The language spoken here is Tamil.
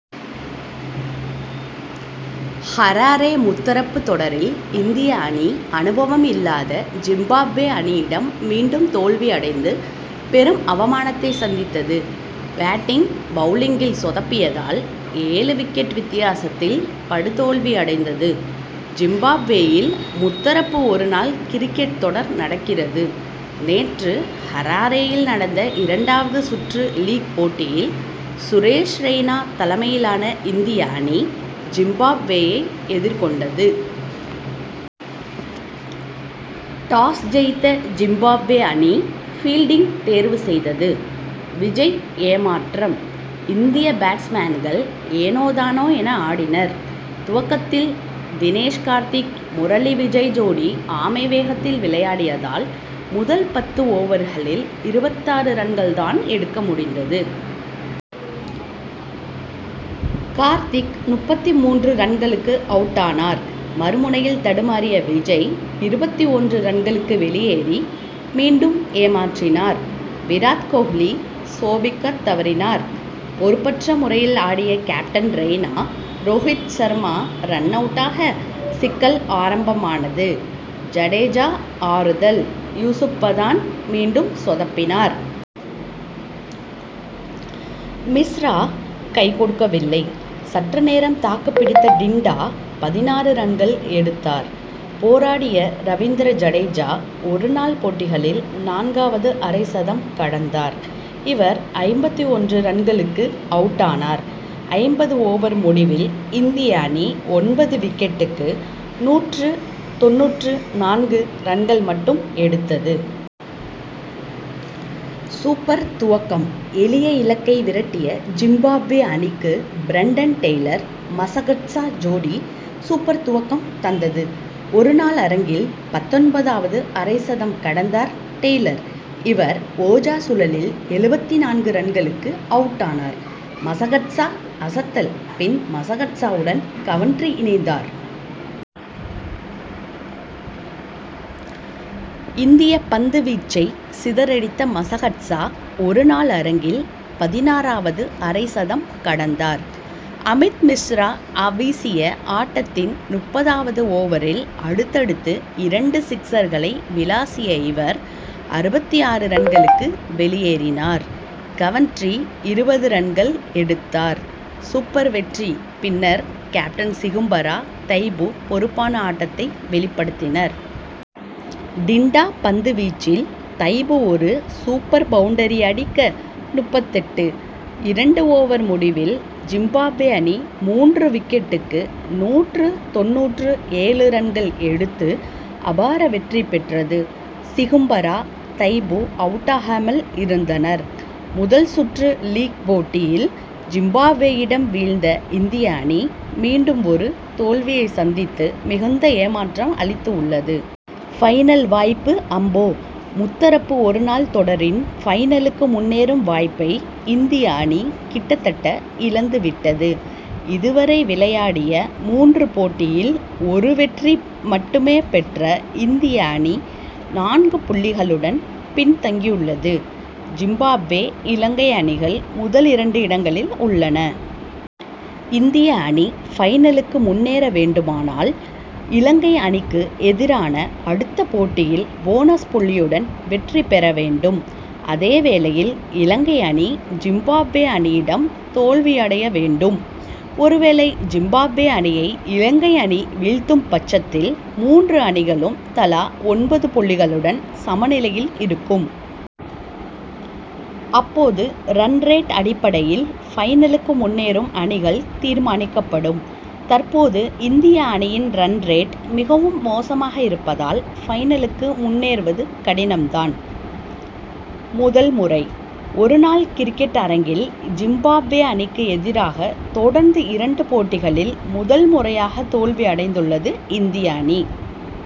ஹராரே முத்தரப்பு தொடரில் இந்திய அணி அனுபவம்இல்லாத ஜிம்பாப்வே அணியிடம் மீண்டும் தோல்வி அடைந்து, பெரும் அவமானத்தை சந்தித்தது. பேட்டிங், பவுலிங்கில் சொதப்பியதால் ஏழு விக்கெட் வித்தியாசத்தில் படுதோல்வி அடைந்தது. ஜிம்பாப்வேயில் முத்தரப்பு ஒரு நாள் கிரிக்கெட் தொடர் நடக்கிறது. நேற்று ஹராரேயில் நடந்த இரண்டாவது சுற்று லீக் போட்டியில் சுரேஷ் ரெய்னா தலைமையிலான இந்திய அணி, ஜிம்பாப் வேயை எதிர்கொண்டது. டாஸ்' ஜெயித்த ஜிம்பாப்வே அணி, பீல்டிங் தேர்வு செய்தது. விஜய் ஏமாற்றம்: இந்திய பேட்ஸ் மேன்கள் ஏனோதானோ என ஆடினர். துவக்கத்தில் தினேஷ் கார்த்திக், முரளி விஜய் ஜோடி ஆமை வேகத்தில் விளையாடியதால், முதல் பத்து ஓவர்களில் இருபத்து ஆறு ரன்கள் தான் எடுக்க முடிந்தது. கார்த்திக் முப்பத்து மூன்று ரன்களுக்கு அவுட்டானார். மறுமுனையில் தடுமாறிய விஜய், இருபத்து ஒன்று ரன்களுக்கு வெளியேறி, மீண்டும் ஏமாற்றினார். விராத் கோஹ்லி சோபிக்க தவறினார். பொறுப்பற்ற முறையில் ஆடிய கேப்டன் ரெய்னா, ரோகித் சர்மா ரன்-அவுட்டாக, சிக்கல் ஆரம்பமானது. ஜடேஜா ஆறுதல்: யூசுப் பதான், மீண்டும் சொதப்பினார். மிஸ்ரா, கைகொடுக்கவில்லை. சற்று நேரம் தாக்குப் பிடித்த டின்டா பதினாறு ரன்கள் எடுத்தார். போராடிய ரவிந்திர ஜடேஜா, ஒரு நாள் போட்டிகளில் நான்கு வது அரை சதம் கடந்தார். இவர் ஐம்பத்து ஒன்று ரன்களுக்கு அவுட்டானார். ஐம்பது ஓவர் முடிவில் இந்திய அணி ஒன்பது விக்கெட்டுக்கு நூற்று தொண்ணூற்று நான்கு ரன்கள் மட்டும் எடுத்தது. சூப்பர் துவக்கம்: எளிய இலக்கை விரட்டிய ஜிம்பாப்வே அணிக்கு, பிரண்டன் டெய்லர், மசகட்சா ஜோடி சூப்பர் துவக்கம் தந்தது. ஒரு நாள் அரங்கில் பத்தொன்பதாவது அரை சதம் கடந்தார் டெய்லர். இவர், ஓஜா சுழலில் எழுபத்து நான்கு ரன்களுக்கு அவுட்டானார். மசகட்சா அசத்தல்: பின் மசகட்சாவுடன், கவன்ட்ரி இணைந்தார். இந்திய பந்துவீச்சை சிதறடித்த மசகட்சா, ஒரு நாள் அரங்கில் பதினாறாவது அரை சதம் கடந்தார். அமித் மிஸ்ரா வீசிய ஆட்டத்தின் முப்பதாவது ஓவரில் அடுத்தடுத்து இரண்டு சிக்சர்களை விளாசிய இவர், அறுபத்து ஆறு ரன்களுக்கு வெளியேறினார். கவன்ட்ரி இருபது ரன்கள் எடுத்தார். சூப்பர் வெற்றி: பின்னர் கேப்டன் சிகும்பரா, தைபு பொறுப்பான ஆட்டத்தை வெளிப்படுத்தினர். டின்டா பந்து வீச்சில் தைபு ஒரு சூப்பர் பவுண்டரி அடிக்க, முப்பத்தெட்டு. இரண்டு ஓவர் முடிவில் ஜிம்பாப்வே அணி மூன்று விக்கெட்டுக்கு நூற்று தொண்ணூற்று ஏழு ரன்கள் எடுத்து அபார வெற்றி பெற்றது. சிகும்பரா, தைபு அவுட்டாகாமல் இருந்தனர். முதல் சுற்று லீக் போட்டியில் ஜிம்பாப்வேயிடம் வீழ்ந்த இந்திய அணி, மீண்டும் ஒரு தோல்வியை சந்தித்து மிகுந்த ஏமாற்றம் அளித்து உள்ளது. பைனல் வாய்ப்பு அம்போ? முத்தரப்பு ஒருநாள் தொடரின் பைனலுக்கு முன்னேறும் வாய்ப்பை, இந்திய அணி கிட்டத்தட்ட இழந்து விட்டது. இதுவரை விளையாடிய மூன்று போட்டியில், ஒரு வெற்றி மட்டுமே பெற்ற இந்திய அணி நான்கு புள்ளிகளுடன் பின்தங்கியுள்ளது. ஜிம்பாப்வே, இலங்கை அணிகள் முதலிரண்டு இடங்களில் உள்ளன. இந்திய அணி பைனலுக்கு முன்னேற வேண்டுமானால், இலங்கை அணிக்கு எதிரான அடுத்த போட்டியில் போனஸ்' புள்ளியுடன் வெற்றி பெற வேண்டும். அதேவேளையில் இலங்கை அணி, ஜிம்பாப்வே அணியிடம் தோல்வியடைய வேண்டும். ஒருவேளை ஜிம்பாப்வே அணியை, இலங்கை அணி வீழ்த்தும் பட்சத்தில், மூன்று அணிகளும் தலா ஒன்பது புள்ளிகளுடன் சமநிலையில் இருக்கும். அப்போது ரன் ரேட் அடிப்படையில் பைனலுக்கு முன்னேறும் அணிகள் தீர்மானிக்கப்படும். தற்போது இந்திய அணியின் ரன் ரேட் மிகவும் மோசமாக இருப்பதால், பைனலுக்கு முன்னேறுவது கடினம் தான். முதல் முறை: ஒரு நாள் கிரிக்கெட் அரங்கில் ஜிம்பாப்வே அணிக்கு எதிராக தொடர்ந்து இரண்டு போட்டிகளில் முதல் முறையாக தோல்வி அடைந்துள்ளது இந்திய அணி.